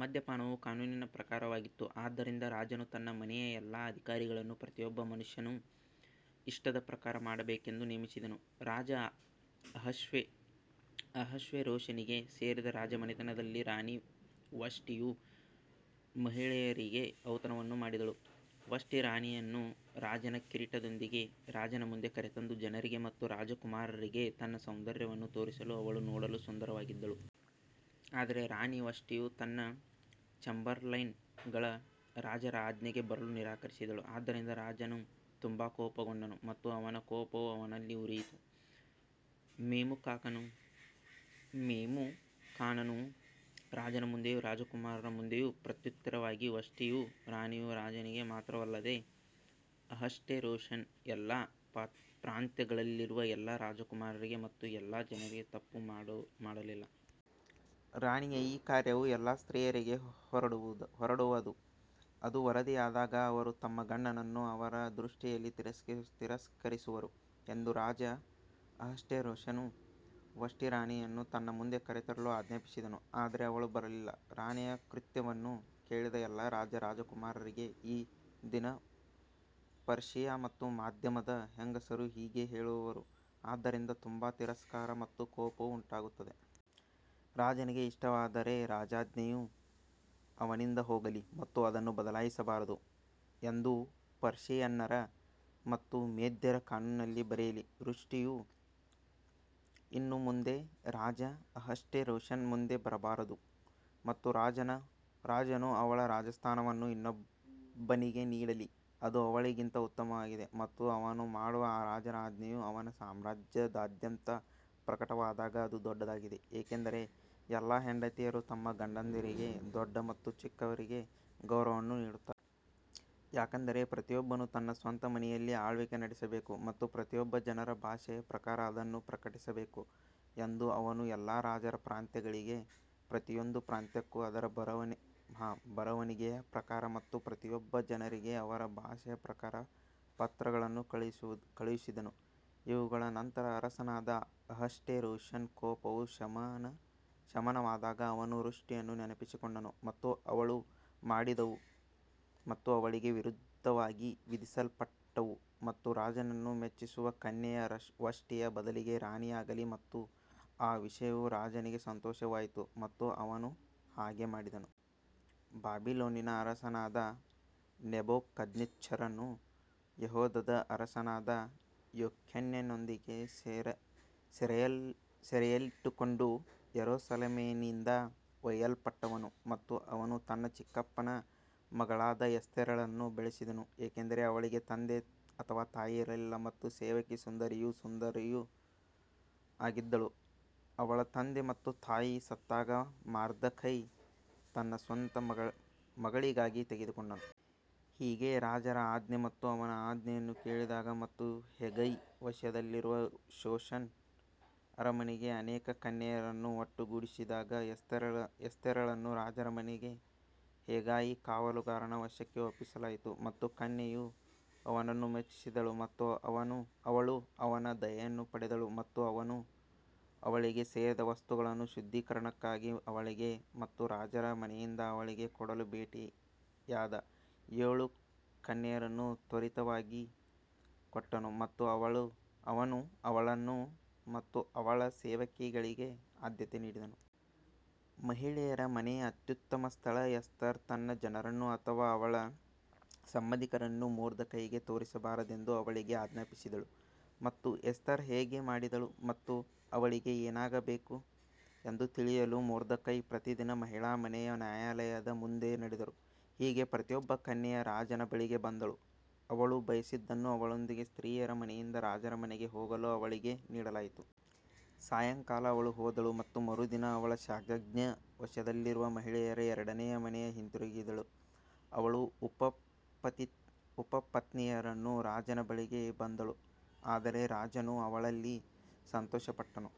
ಮದ್ಯಪಾನವು ಕಾನೂನಿನ ಪ್ರಕಾರವಾಗಿತ್ತು, ಆದ್ದರಿಂದ ರಾಜನು ತನ್ನ ಮನೆಯ ಎಲ್ಲಾ ಅಧಿಕಾರಿಗಳನ್ನು ಪ್ರತಿಯೊಬ್ಬ ಮನುಷ್ಯನ ಇಷ್ಟದ ಪ್ರಕಾರ ಮಾಡಬೇಕೆಂದು ನೇಮಿಸಿದನು. ರಾಜ ಅಹಷ್ವೇರೋಷನಿಗೆ ಸೇರಿದ ರಾಜಮನೆತನದಲ್ಲಿ ರಾಣಿ ವಷ್ಟಿಯು ಮಹಿಳೆಯರಿಗೆ ಔತಣವನ್ನು ಮಾಡಿದಳು. ವಷ್ಟಿ ರಾಣಿಯನ್ನು ರಾಜನ ಕಿರೀಟದೊಂದಿಗೆ ರಾಜನ ಮುಂದೆ ಕರೆತಂದು ಜನರಿಗೆ ಮತ್ತು ರಾಜಕುಮಾರರಿಗೆ ತನ್ನ ಸೌಂದರ್ಯವನ್ನು ತೋರಿಸಲು ಅವಳು ನೋಡಲು ಸುಂದರವಾಗಿದ್ದಳು. ಆದರೆ ರಾಣಿ ವಷ್ಟಿಯು ತನ್ನ ಚೇಂಬರ್ಲೈನ್ಗಳ ರಾಜರ ಆಜ್ಞೆಗೆ ಬರಲು ನಿರಾಕರಿಸಿದಳು, ಆದ್ದರಿಂದ ರಾಜನು ತುಂಬಾ ಕೋಪಗೊಂಡನು ಮತ್ತು ಅವನ ಕೋಪವು ಅವನಲ್ಲಿ ಉರಿಯಿತು. ಮೆಮುಕಾನನು ರಾಜನ ಮುಂದೆಯೂ ರಾಜಕುಮಾರರ ಮುಂದೆಯೂ ಪ್ರತ್ಯುತ್ತರವಾಗಿ ವಷ್ಟಿಯು ರಾಣಿಯು ರಾಜನಿಗೆ ಮಾತ್ರವಲ್ಲದೆ ಅಹಷ್ವೇರೋಷನ ಎಲ್ಲಾ ಪ್ರಾಂತ್ಯಗಳಲ್ಲಿರುವ ಎಲ್ಲಾ ರಾಜಕುಮಾರರಿಗೆ ಮತ್ತು ಎಲ್ಲಾ ಜನರಿಗೆ ತಪ್ಪು ಮಾಡಲಿಲ್ಲ. ರಾಣಿಯ ಈ ಕಾರ್ಯವು ಎಲ್ಲಾ ಸ್ತ್ರೀಯರಿಗೆ ಹೊರಡುವದು, ಅದು ವರದಿಯಾದಾಗ ಅವರು ತಮ್ಮ ಗಂಡನನ್ನು ಅವರ ದೃಷ್ಟಿಯಲ್ಲಿ ತಿರಸ್ಕರಿಸುವರು ಎಂದು ರಾಜ ಅಹಷ್ವೇರೋಷನು ವಷ್ಟಿ ರಾಣಿಯನ್ನು ತನ್ನ ಮುಂದೆ ಕರೆತರಲು ಆಜ್ಞಾಪಿಸಿದನು ಆದರೆ ಅವಳು ಬರಲಿಲ್ಲ. ರಾಣಿಯ ಕೃತ್ಯವನ್ನು ಕೇಳಿದ ಎಲ್ಲಾ ರಾಜ ರಾಜಕುಮಾರರಿಗೆ ಈ ದಿನ ಪರ್ಷಿಯಾ ಮತ್ತು ಮಾಧ್ಯಮದ ಹೆಂಗಸರು ಹೀಗೆ ಹೇಳುವರು, ಆದ್ದರಿಂದ ತುಂಬಾ ತಿರಸ್ಕಾರ ಮತ್ತು ಕೋಪವು ಉಂಟಾಗುತ್ತದೆ. ರಾಜನಿಗೆ ಇಷ್ಟವಾದರೆ ರಾಜಾಜ್ಞೆಯು ಅವನಿಂದ ಹೋಗಲಿ ಮತ್ತು ಅದನ್ನು ಬದಲಾಯಿಸಬಾರದು ಎಂದು ಪರ್ಷಿಯನ್ನರ ಮತ್ತು ಮೇದ್ಯರ ಕಾನೂನಿನಲ್ಲಿ ಬರೆಯಲಿ, ವಷ್ಟಿಯು ಇನ್ನು ಮುಂದೆ ರಾಜ ಅಹಷ್ವೇರೋಷನ ಮುಂದೆ ಬರಬಾರದು ಮತ್ತು ರಾಜನು ಅವಳ ರಾಜಸ್ಥಾನವನ್ನು ಇನ್ನೊಬ್ಬನಿಗೆ ನೀಡಲಿ. ಅದು ಅವಳಿಗಿಂತ ಉತ್ತಮವಾಗಿದೆ ಮತ್ತು ಅವನು ಮಾಡುವ ರಾಜರ ಆಜ್ಞೆಯು ಅವನ ಸಾಮ್ರಾಜ್ಯದಾದ್ಯಂತ ಪ್ರಕಟವಾದಾಗ ಅದು ದೊಡ್ಡದಾಗಿದೆ, ಏಕೆಂದರೆ ಎಲ್ಲಾ ಹೆಂಡತಿಯರು ತಮ್ಮ ಗಂಡಂದಿರಿಗೆ ದೊಡ್ಡ ಮತ್ತು ಚಿಕ್ಕವರಿಗೆ ಗೌರವವನ್ನು ನೀಡುತ್ತಾರೆ. ಯಾಕಂದರೆ ಪ್ರತಿಯೊಬ್ಬನು ತನ್ನ ಸ್ವಂತ ಮನೆಯಲ್ಲಿ ಆಳ್ವಿಕೆ ನಡೆಸಬೇಕು ಮತ್ತು ಪ್ರತಿಯೊಬ್ಬ ಜನರ ಭಾಷೆಯ ಪ್ರಕಾರ ಅದನ್ನು ಪ್ರಕಟಿಸಬೇಕು ಎಂದು ಅವನು ಎಲ್ಲಾ ರಾಜರ ಪ್ರಾಂತ್ಯಗಳಿಗೆ ಪ್ರತಿಯೊಂದು ಪ್ರಾಂತ್ಯಕ್ಕೂ ಅದರ ಬರವಣಿಗೆಯ ಪ್ರಕಾರ ಮತ್ತು ಪ್ರತಿಯೊಬ್ಬ ಜನರಿಗೆ ಅವರ ಭಾಷೆಯ ಪ್ರಕಾರ ಪತ್ರಗಳನ್ನು ಕಳುಹಿಸಿದನು. ಇವುಗಳ ನಂತರ ಅರಸನಾದ ಅಹಷ್ವೇರೋಷನ ಕೋಪವು ಶಮನವಾದಾಗ ಅವನು ವಷ್ಟಿಯನ್ನು ನೆನಪಿಸಿಕೊಂಡನು ಮತ್ತು ಅವಳು ಮಾಡಿದವು ಮತ್ತು ಅವಳಿಗೆ ವಿರುದ್ಧವಾಗಿ ವಿಧಿಸಲ್ಪಟ್ಟವು ಮತ್ತು ರಾಜನನ್ನು ಮೆಚ್ಚಿಸುವ ಕನ್ಯೆಯು ವಷ್ಟಿಯ ಬದಲಿಗೆ ರಾಣಿಯಾಗಲಿ ಮತ್ತು ಆ ವಿಷಯವು ರಾಜನಿಗೆ ಸಂತೋಷವಾಯಿತು ಮತ್ತು ಅವನು ಹಾಗೆ ಮಾಡಿದನು. ಬಾಬಿಲೋನಿನ ಅರಸನಾದ ನೆಬೂಕದ್ನೆಚ್ಚರನು ಯೆಹೂದದ ಅರಸನಾದ ಯೆಕೊನ್ಯನೊಂದಿಗೆ ಸೆರೆಯಲ್ಲಿಟ್ಟುಕೊಂಡು ಯೆರೂಸಲೇಮಿನಿಂದ ಒಯ್ಯಲ್ಪಟ್ಟವನು ಮತ್ತು ಅವನು ತನ್ನ ಚಿಕ್ಕಪ್ಪನ ಮಗಳಾದ ಎಸ್ತೇರಳನ್ನು ಬೆಳೆಸಿದನು, ಏಕೆಂದರೆ ಅವಳಿಗೆ ತಂದೆ ಅಥವಾ ತಾಯಿ ಇರಲಿಲ್ಲ ಮತ್ತು ಸೇವಕಿ ಸುಂದರಿಯೂ ಸುಂದರಿಯೂ ಆಗಿದ್ದಳು, ಅವಳ ತಂದೆ ಮತ್ತು ತಾಯಿ ಸತ್ತಾಗ ಮೊರ್ದೆಕೈ ತನ್ನ ಸ್ವಂತ ಮಗಳಿಗಾಗಿ ತೆಗೆದುಕೊಂಡನು. ಹೀಗೆ ರಾಜರ ಆಜ್ಞೆ ಮತ್ತು ಅವನ ಆಜ್ಞೆಯನ್ನು ಕೇಳಿದಾಗ ಮತ್ತು ಹೆಗೈಯ ವಶದಲ್ಲಿರುವ ಶೂಷನ್ ಅರಮನೆಗೆ ಅನೇಕ ಕನ್ಯೆಯರನ್ನು ಒಟ್ಟುಗೂಡಿಸಿದಾಗ ಎಸ್ತೇರಳನ್ನೂ ರಾಜರ ಮನೆಗೆ ಹೆಗಾಯಿ ಕಾವಲುಗಾರನ ವಶಕ್ಕೆ ಒಪ್ಪಿಸಲಾಯಿತು. ಮತ್ತು ಕನ್ಯೆಯು ಅವನನ್ನು ಮೆಚ್ಚಿಸಿದಳು ಮತ್ತು ಅವಳು ಅವನ ದಯೆಯನ್ನು ಪಡೆದಳು ಮತ್ತು ಅವನು ಅವಳಿಗೆ ಸೇರಿದ ವಸ್ತುಗಳನ್ನು ಶುದ್ಧೀಕರಣಕ್ಕಾಗಿ ಅವಳಿಗೆ ಮತ್ತು ರಾಜರ ಮನೆಯಿಂದ ಅವಳಿಗೆ ಕೊಡಲು ಭೇಟಿಯಾದ ಏಳು ಕನ್ಯೆಯರನ್ನು ತ್ವರಿತವಾಗಿ ಕೊಟ್ಟನು ಮತ್ತು ಅವನು ಅವಳನ್ನು ಮತ್ತು ಅವಳ ಸೇವಕಿಗಳಿಗೆ ಆದ್ಯತೆ ನೀಡಿದನು. ಮಹಿಳೆಯರ ಮನೆಯ ಅತ್ಯುತ್ತಮ ಸ್ಥಳ ಎಸ್ತರ್ ತನ್ನ ಜನರನ್ನು ಅಥವಾ ಅವಳ ಸಂಬಂಧಿಕರನ್ನು ಮೊರ್ದೆಕೈಗೆ ತೋರಿಸಬಾರದೆಂದು ಅವಳಿಗೆ ಆಜ್ಞಾಪಿಸಿದಳು. ಮತ್ತು ಎಸ್ತರ್ ಹೇಗೆ ಮಾಡಿದಳು ಮತ್ತು ಅವಳಿಗೆ ಏನಾಗಬೇಕು ಎಂದು ತಿಳಿಯಲು ಮೊರ್ದೆಕೈ ಪ್ರತಿದಿನ ಮಹಿಳಾ ಮನೆಯ ನ್ಯಾಯಾಲಯದ ಮುಂದೆ ನಡೆದರು. ಹೀಗೆ ಪ್ರತಿಯೊಬ್ಬ ಕನ್ಯೆಯು ರಾಜನ ಬಳಿಗೆ ಬಂದಳು, ಅವಳು ಬಯಸಿದ್ದನ್ನು ಅವಳೊಂದಿಗೆ ಸ್ತ್ರೀಯರ ಮನೆಯಿಂದ ರಾಜರ ಮನೆಗೆ ಹೋಗಲು ಅವಳಿಗೆ ನೀಡಲಾಯಿತು. ಸಾಯಂಕಾಲ ಅವಳು ಹೋದಳು ಮತ್ತು ಮರುದಿನ ಅವಳು ಶಾಶ್ಗಜ್ನ ವಶದಲ್ಲಿರುವ ಮಹಿಳೆಯರ ಎರಡನೇ ಮನೆಗೆ ಹಿಂದಿರುಗಿದಳು, ಅವಳು ಉಪಪತ್ನಿಯರನ್ನು ರಾಜನ ಬಳಿಗೆ ಬಂದಳು, ಆದರೆ ರಾಜನು ಅವಳಲ್ಲಿ ಸಂತೋಷಪಟ್ಟನು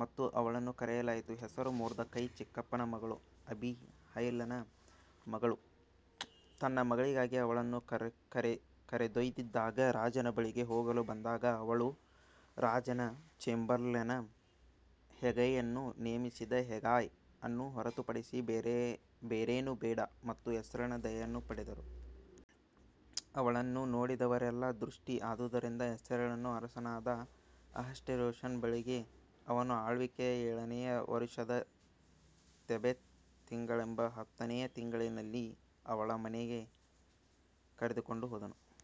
ಮತ್ತು ಅವಳನ್ನು ಕರೆಯಲಾಯಿತು. ಹೆಸರು ಮೊರ್ದೆಕೈಯ ಚಿಕ್ಕಪ್ಪನ ಮಗಳು ಅಬೀಹೈಲನ ಮಗಳು ತನ್ನ ಮಗಳಿಗಾಗಿ ಅವಳನ್ನು ಕರೆದೊಯ್ದಿದ್ದಾಗ ರಾಜನ ಬಳಿಗೆ ಹೋಗಲು ಬಂದಾಗ ಅವಳು ರಾಜನ ಚೇಂಬರ್ಲೇನ್ ಹೆಗೈಯನ್ನು ನೇಮಿಸಿದ ಹೆಗಾಯ್ ಅನ್ನು ಹೊರತುಪಡಿಸಿ ಬೇರೇನೂ ಬೇಡ ಮತ್ತು ಎಸ್ತೇರಳು ದಯೆಯನ್ನು ಪಡೆದರು. ಅವಳನ್ನು ನೋಡಿದವರೆಲ್ಲರ ದೃಷ್ಟಿ ಆದುದರಿಂದ ಎಸ್ತೇರಳನ್ನು ಅರಸನಾದ ಅಹಷ್ವೇರೋಷನ ಬಳಿಗೆ ಅವನ ಆಳ್ವಿಕೆಯ ಏಳನೆಯ ವರುಷದ ತೇಬೆತ್ ತಿಂಗಳೆಂಬ ಹತ್ತನೆಯ ತಿಂಗಳಿನಲ್ಲಿ ಅವನ ಮನೆಗೆ ಕರೆದುಕೊಂಡು ಹೋದನು.